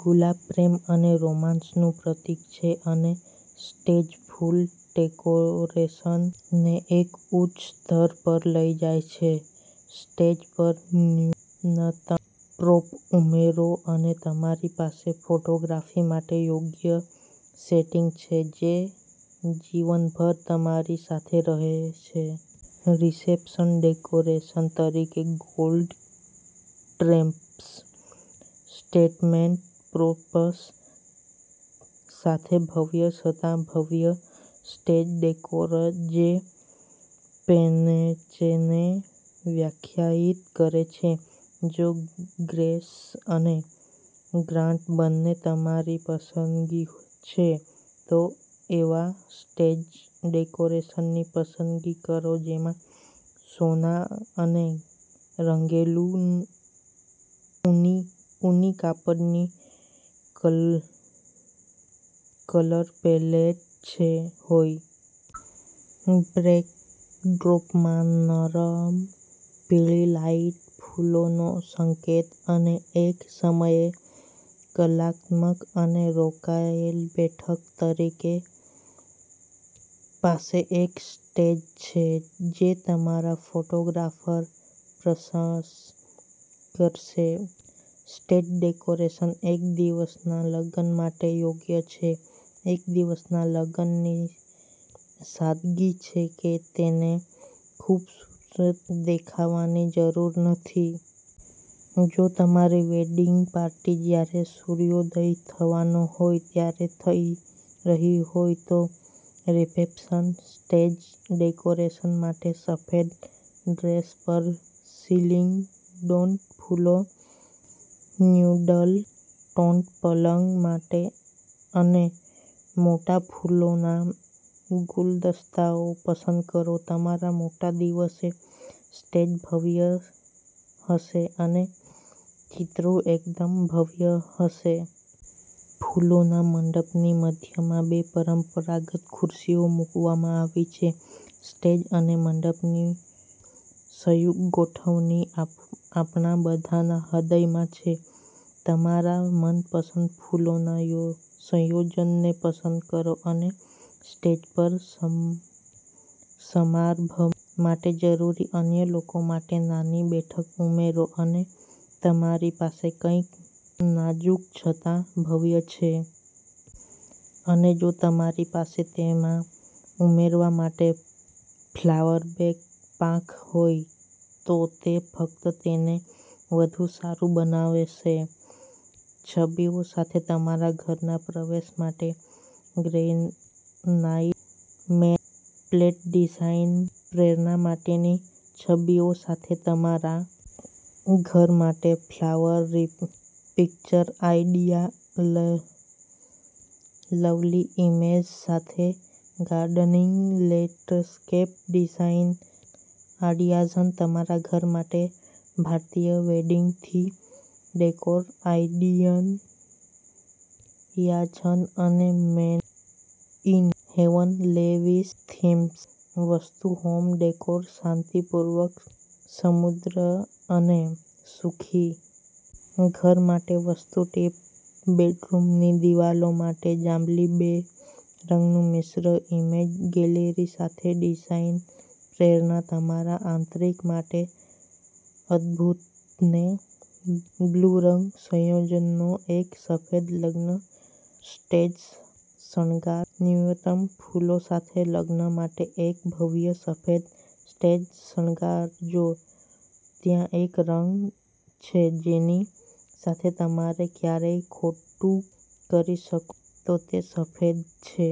ગુલાબ પ્રેમ અને રોમાંસનું પ્રતીક છે અને સ્ટેજ ફૂલ ડેકોરેશનને એક ઉચ્ચ સ્તર પર લઈ જાય છે. સ્ટેજ પર ન્યૂનતમ પ્રોપ ઉમેરો અને તમારી પાસે ફોટોગ્રાફ્સ માટે યોગ્ય સેટિંગ છે જે જીવનભર તમારી સાથે રહેશે. રિસેપ્શન સ્ટેજ ડેકોરેશન તરીકે ગોલ્ડ ડ્રેપ્સ સ્ટેટમેન્ટ પ્રોપ્સ સાથે ભવ્ય છતાં ભવ્ય સ્ટેજ ડેકોર જે પેનેચેને વ્યાખ્યાયિત કરે છે. જો ગ્રેસ અને ગ્રાન્ડ બંને તમારી પસંદગી છે, તો એવા સ્ટેજ ડેકોરેશનની પસંદગી કરો જેમાં સોના અનેરંગેલું ઊની કાપડની કલર પેલેટ હોય. બેકડ્રોપમાં નરમ પીળી લાઇટ્સ, ફૂલોનો સંકેત, અને એક સમયે કલાત્મક અને રોયલ બેઠક તમારી પાસે એક સ્ટેજ છે જે તમારા ફોટોગ્રાફર પ્રશંસા કરશે. સ્ટેજ ડેકોરેશન એક દિવસના લગ્ન માટે યોગ્ય છે. એક દિવસના લગ્નની સાદગી છે કે તેને ખૂબસૂરત દેખાવાની જરૂર નથી. જો તમારી વેડિંગ પાર્ટી જ્યારે સૂર્યોદય થવાનો હોય ત્યારે થઈ રહ્યો હોય, તો રિસેપ્શન સ્ટેજ ડેકોરેશન માટે સફેદ ડ્રેપ્સ પર સિંગલ ટોન્ડ ફૂલો, ન્યુટ્રલ ટોન્ડ પલંગ અને મોટા ફૂલોના ગુલદસ્તો પસંદ કરો. તમારા મોટા દિવસે સ્ટેજ ભવ્ય હશે અને ચિત્રો એકદમ ભવ્ય હશે. ફૂલોના મંડપની મધ્યમાં બે પરંપરાગત ખુરશીઓ મૂકવામાં આવી છે. સ્ટેજ અને મંડપની સંયુક્ત ગોઠવણી આપણા બધાના હૃદયમાં છે. તમારા મનપસંદ ફૂલોના સંયોજનને પસંદ કરો અને સ્ટેજ પર સમારંભ માટે જરૂરી અન્ય લોકો માટે નાની બેઠક ઉમેરો અને તમારી પાસે કંઈક નાજુક છતાં ભવ્ય છે. અને, જો તમારી પાસે તેમાં ઉમેરવા માટે ફ્લાવર બેડ પાંખ હોય, તો તે ફક્ત તેને વધુ સારું બનાવશે. છબીઓ સાથે તમારા ઘરના પ્રવેશ માટે ગ્રેનાઈટ નેમ પ્લેટ ડિઝાઇન, પ્રેરણા માટેની છબીઓ સાથે તમારા ઘર માટે flower picture idea, lovely images સાથે ગાર્ડન લેન્ડસ્કેપ ડીઝાઈન આઈડિયાઝ, તમારા ઘર માટે ભારતીય વેડિંગ થીમ ડેકોર આઈડિયાઝ અને made in heaven lavish themes, vastu home decor શાંતિપૂર્ણ, સમૃદ્ધ અને સુખી ઘર માટે વાસ્તુ ટિપ્સ, બેડરૂમની દિવાલો માટે જાંબલી બે રંગનું મિશ્રણ, ઇમેજ ગેલેરી સાથે ડિઝાઇન પ્રેરણા, તમારા આંતરિક માટે અદભૂત નેવી બ્લુ રંગ સંયોજનો, એક સફેદ લગ્ન સ્ટેજ શણગાર ન્યૂનતમ ફૂલો સાથે લગ્ન માટે એક ભવ્ય સફેદ સ્ટેજ શણગાર જો ત્યાં એક રંગ છે જેની સાથે તમે ક્યારેય ખોટુંકરી શકો, તો તે સફેદ છે.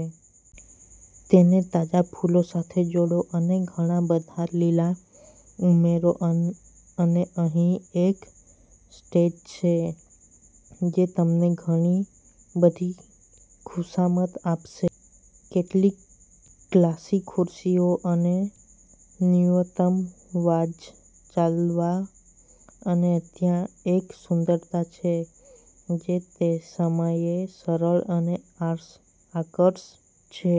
તેને તાજા ફૂલો સાથે જોડો અને ઘણાં બધાં લીલા ઉમેરો અને અહીં એક સ્ટેજ છે જે તમને ઘણી બધી ખુશામત આપશે. કેટલીક ક્લાસિક ખુરશીઓ અને ન્યૂનતમ વાઝ ચલાવો અને ત્યાં એક સુંદરતા છે જે તેસમયે સરળ અને આકર્ષક છે.